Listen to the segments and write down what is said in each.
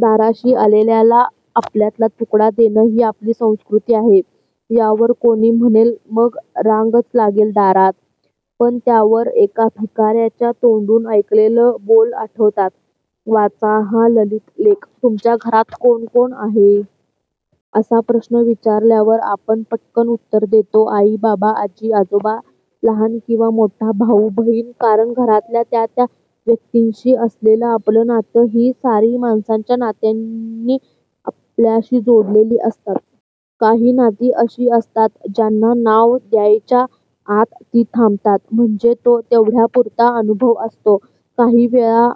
दाराशी आलेल्याला आपल्यातला तुकडा देणं ही आपली संस्कृती आहे. यावर कोणी म्हणेल, 'मग रांगच लागेल दारात! ' पण त्यावर एका भिकार्याच्या तोंडून ऐकलेले बोल आठवतात... वाचा, हा ललित लेख- "तुमच्या घरात कोण कोण आहे? " असा प्रश्न विचारल्यावर आपण पटकन उत्तर देतो –" आई, बाबा, आजी, आजोबा, लहान किंवा मोठा भाऊ-बहीण! " कारण घरातल्या त्या त्या व्यक्तींशी असलेलं आपलं नातं. ही सारी माणसं या नात्यांनी आपल्याशी जोडलेली असतात. काही नाती अशी असतात, ज्यांना नाव द्यायच्या आत ती थांबतात. म्हणजे तो तेवढ्यापुरता अनुभव असतो. काही वेळा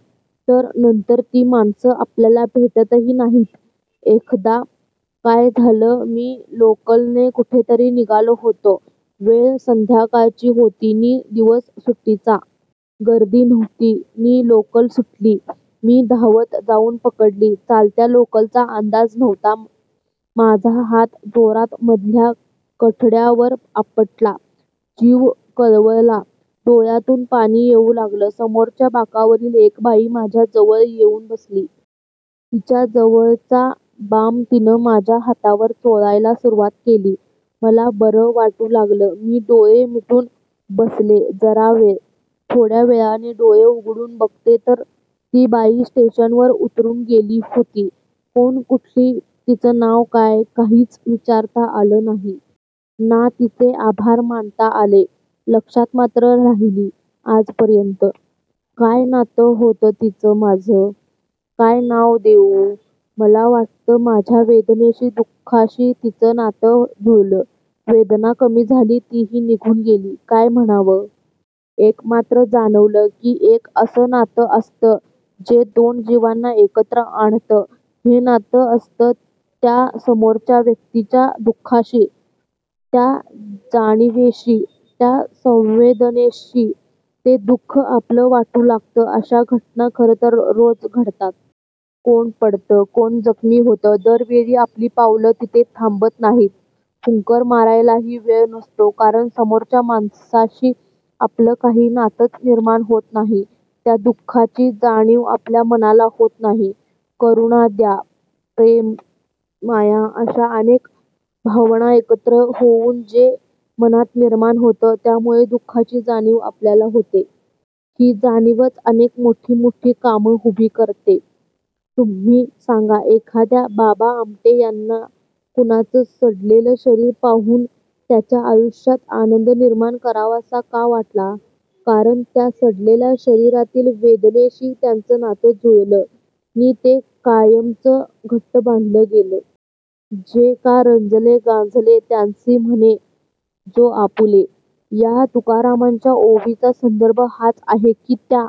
तर नंतर ती माणसं आपल्याला भेटतही नाहीत. एकदा काय झालं, मी लोकलने कुठेतरी निघाले होते. वेळ संध्याकाळची होती नि दिवस सुट्टीचा. गर्दी नव्हती नि लोकल सुटली. मी धावत जाऊन पकडली. चालत्या लोकलचा अंदाज नव्हता. माझा हात जोरात मधल्या कठड्यावर आपटला. जीव कळवळला. डोळ्यांतून पाणी येऊ लागलं. समोरच्या बाकावरील एक बाई माझ्या जवळ येऊन बसली. तिच्याजवळचा बाम तिनं माझ्या हातावर चोळायला सुरुवात केली. मला बरं वाटू लागलं. मी डोळे मिटून बसले जरा वेळ. थोड्या वेळाने डोळे उघडून बघते तर ती बाई स्टेशनवर उतरून गेली होती. कोण, कुठली, तिचं नाव काय, काहीच विचारता आलं नाही. ना तिचे आभार मानता आले. लक्षात मात्र राहिली आजपर्यंत. काय नातं होतं तिचं माझं? काय नाव देऊ? मला वाटतं माझ्या वेदनेशी, दु:खाशी तिचं नातं जुळलं. वेदना कमी झाली, तीही निघून गेली. काय म्हणावं? एक मात्र जाणवलं की एक असं नातं असतं, जे दोन जिवांना एकत्र आणतं. हे नातं असतं त्या समोरच्या व्यक्तीच्या दु:खाशी... त्या जाणिवेशी, त्या संवेदनेशी. ते दु:ख आपलं वाटू लागतं. अशा घटना खरंतर रोज घडतात. कोण पडतं, कोण जखमी होतं, दर वेळी आपली पावलं तिथे थांबत नाहीत. फुंकर मारायलाही वेळ नसतो, कारण समोरच्या माणसाशी आपलं काही नातंच निर्माण होत नाही. त्या दु:खाची जाणीव आपल्या मनाला होत नाही. करुणा, दया, प्रेम, माया अशा अनेक भावना एकत्र होऊन जे मनात निर्माण होतं, त्यामुळे दु:खाची जाणीव आपल्याला होते. ही जाणीवच अनेक मोठी मोठी कामं उभी करते. तुम्ही सांगा, एखाद्या बाबा आमटे यांना कुणाचं सडलेलं शरीर पाहून त्याच्या आयुष्यात आनंद निर्माण करावासा का वाटला? कारण त्या सडलेल्या शरीरातील वेदनेशी त्यांचं नातं जुळलं नि ते कायमचं घट्ट बांधलं गेलं. 'जे का रंजले गांजले, त्यासी म्हणे जो आपुले' या तुकारामांच्या ओवीचा संदर्भ हाच आहे की, त्या